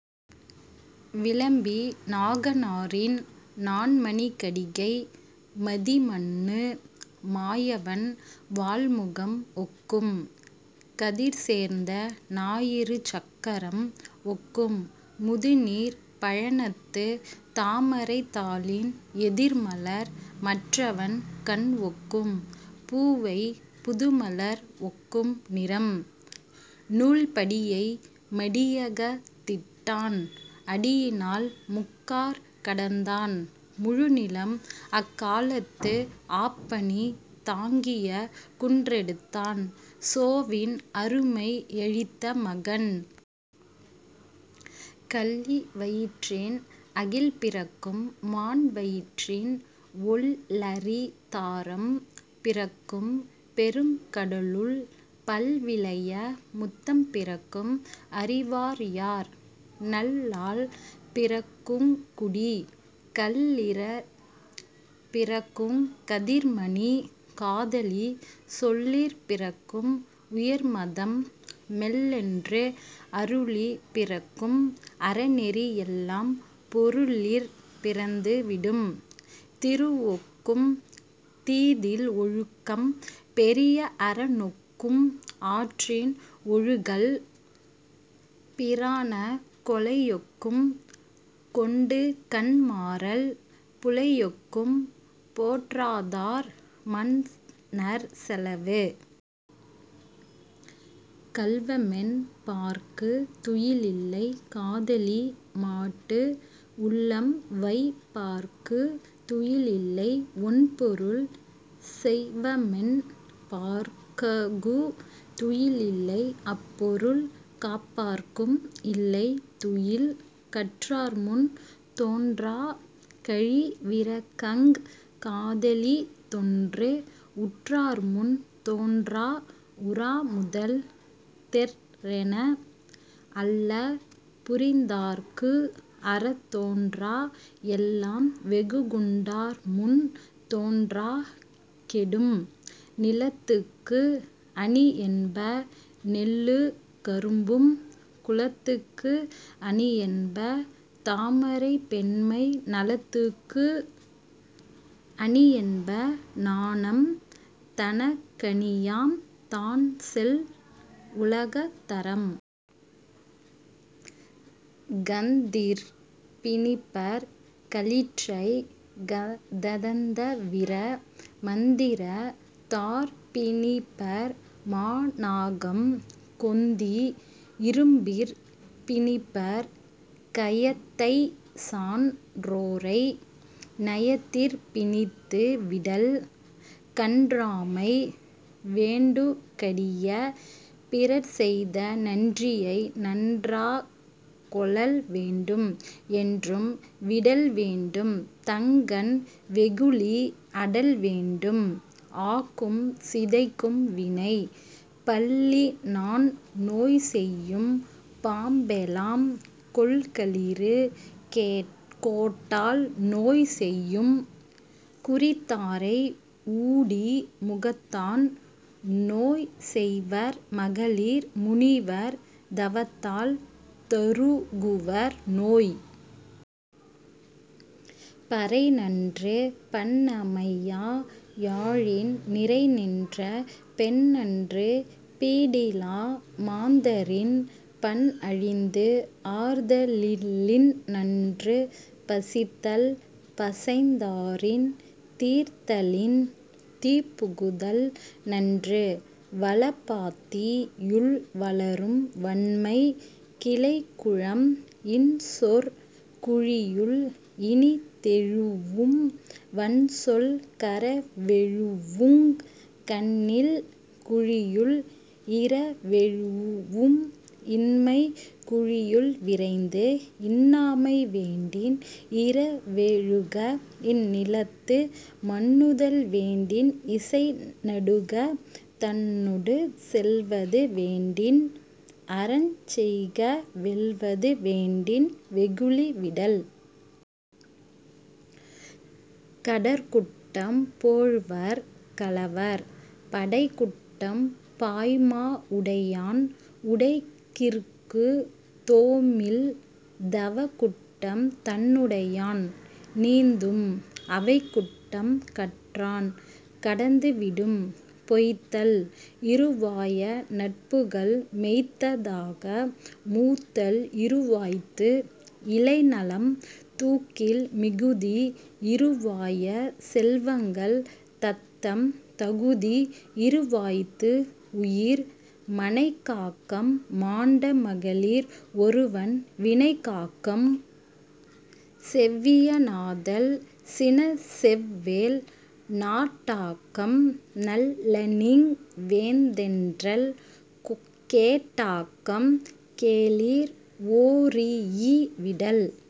விளம்பிநாகனாரின் "நான்மணிக்கடிகை" மதிமன்னு மாயவன் வாள்முகம் ஒக்கும் கதிர்சேர்ந்த ஞாயிறு சக்கரம் ஒக்கும் முதுநீர்ப் பழனத்துத் தாமரைத் தாளின் எதிர்மலர் மற்றவன் கண்ஒக்கும் பூவைப் புதுமலர் ஒக்கும் நிறம். நூல் படியை மடியகத் திட்டான் அடியினால் முக்காற் கடந்தான் முழுநிலம் அக்காலத்து ஆப்பனி தாங்கிய குன்றெடுத்தான் சோவின் அருமை யழித்த மகன். கள்ளி வயிற்றின் அகில்பிறக்கும் மான்வயிற்றின் ஒள்ளரி தாரம் பிறக்கும் பெருங்கடலுள் பல்விலைய முத்தம் பிறக்கும் அறிவார்யார் நல்லாள் பிறக்குங் குடி. கல்லிற பிறக்குங் கதிர்மணி காதலி சொல்லிற் பிறக்கும் உயர்மதம் மெல்லென்று அருளிற் பிறக்கும் அறநெறி எல்லாம் பொருளிற் பிறந்து விடும். திருவொக்கும் தீதில் ஒழுக்கம் பெரிய அறனொக்கும் ஆற்றின் ஒழுகல் பிறானக் கொலையொக்கும் கொண்டுகண் மாறல் புலையொக்கும் போற்றாதார் மன்னர்ச் செலவு. கள்வமென் பார்க்குந் துயிலில்லை காதலிமாட்டு உள்ளம்வைப் பார்க்குந் துயிலில்லை ஒண்பொருள் செய்வமென் பார்ககுந் துயிலில்லை அப்பொருள் காப்பார்க்கும் இல்லை துயில். கற்றார்முன் தோன்றா கழிவிரக்கங் காதலித்தொன்று உற்றார்முன் தோன்றா உறாமுதல் தெற்றென அல்ல புரிந்தார்க்கு அறந்தோன்றா எல்லாம் வெகுகுண்டார்முன் தோன்றா கெடும். நிலத்துக்கு அணியென்ப நெல்லுங் கரும்பும் குளத்துக்கு அணியென்ப தாமரை பெண்மை நலத்துக்கு அணியென்ப நாணம் தனக்கணியாம் தான்செல் உலகத் தறம். கந்திற் பிணிப்பர் களிற்றைக் கதந்தவிர மந்திரத் தாற்பிணிப்பர் மாநாகம் கொந்தி இரும்பிற் பிணிப்பர் கயத்தைச்சான் றோரை நயத்திற் பிணித்து விடல். கன்றாமை வேண்டுங் கடிய பிறர்செய்த நன்றியை நன்றாக் கொளல்வேண்டும் என்றும் விடல்வேண்டும் தங்கண் வெகுளி அடல்வேண்டும் ஆக்கும் சிதைக்கும் வினை. பல்லினான் நோய்செய்யும் பாம்பெலாம் கொல்களிறு கோட்டால் நோய்செய்யும் குறித்தாரை ஊடி முகத்தான் நோய்செய்வர் மகளிர் முனிவர் தவத்தால் தருகுவர் நோய். பறைநன்று பண்ணமையா யாழின் நிறைநின்ற பெண்நன்று பீடிலா மாந்தரின் பண்அழிந்து ஆர்தலின்நன்று பசித்தல் பசைந்தாரின் தீர்தலின் தீப்புகுதல் நன்று. வளப்பாத்தி யுள்வளரும் வண்மை கிளைக்குழம் இன்சொற் குழியுள் இனிதெழூஉம் வன்சொல் கரவெழூஉங் கண்ணில் குழியுள் இரவெழூஉம் இன்மைக் குழியுள் விரைந்து. இன்னாமை வேண்டின் இரவெழுக இந்நிலத்து மன்னுதல் வேண்டின் இசைநடுக தன்னொடு செல்வது வேண்டின் அறஞ்செய்க வெல்வது வேண்டின் வெகுளி விடல். கடற்குட்டம் போழ்வர் கலவர் படைக்குட்டம் பாய்மா உடையான் உடைக்கிற்கு தோமில் தவக்குட்டம் தன்னுடையான் நீந்தும் அவைக்குட்டம் கற்றான் கடந்து விடும். பொய்த்தல் இறுவாய நட்புகள் மெய்த்தாக மூத்தல் இறுவாய்த்து இளைநலம் தூக்கில் மிகுதி இறுவாய செல்வங்கள் தத்தம் தகுதி இறுவாய்த்து உயிர். மனைக்காக்கம் மாண்ட மகளிர் ஒருவன் வினைக்காக்கம் செவ்விய னாதல் சினச்செவ்வேல் நாட்டாக்கம் நல்லனிவ் வேந்தென்றல் கேட்டாக்கம் கேளிர் ஒரீஇ விடல்.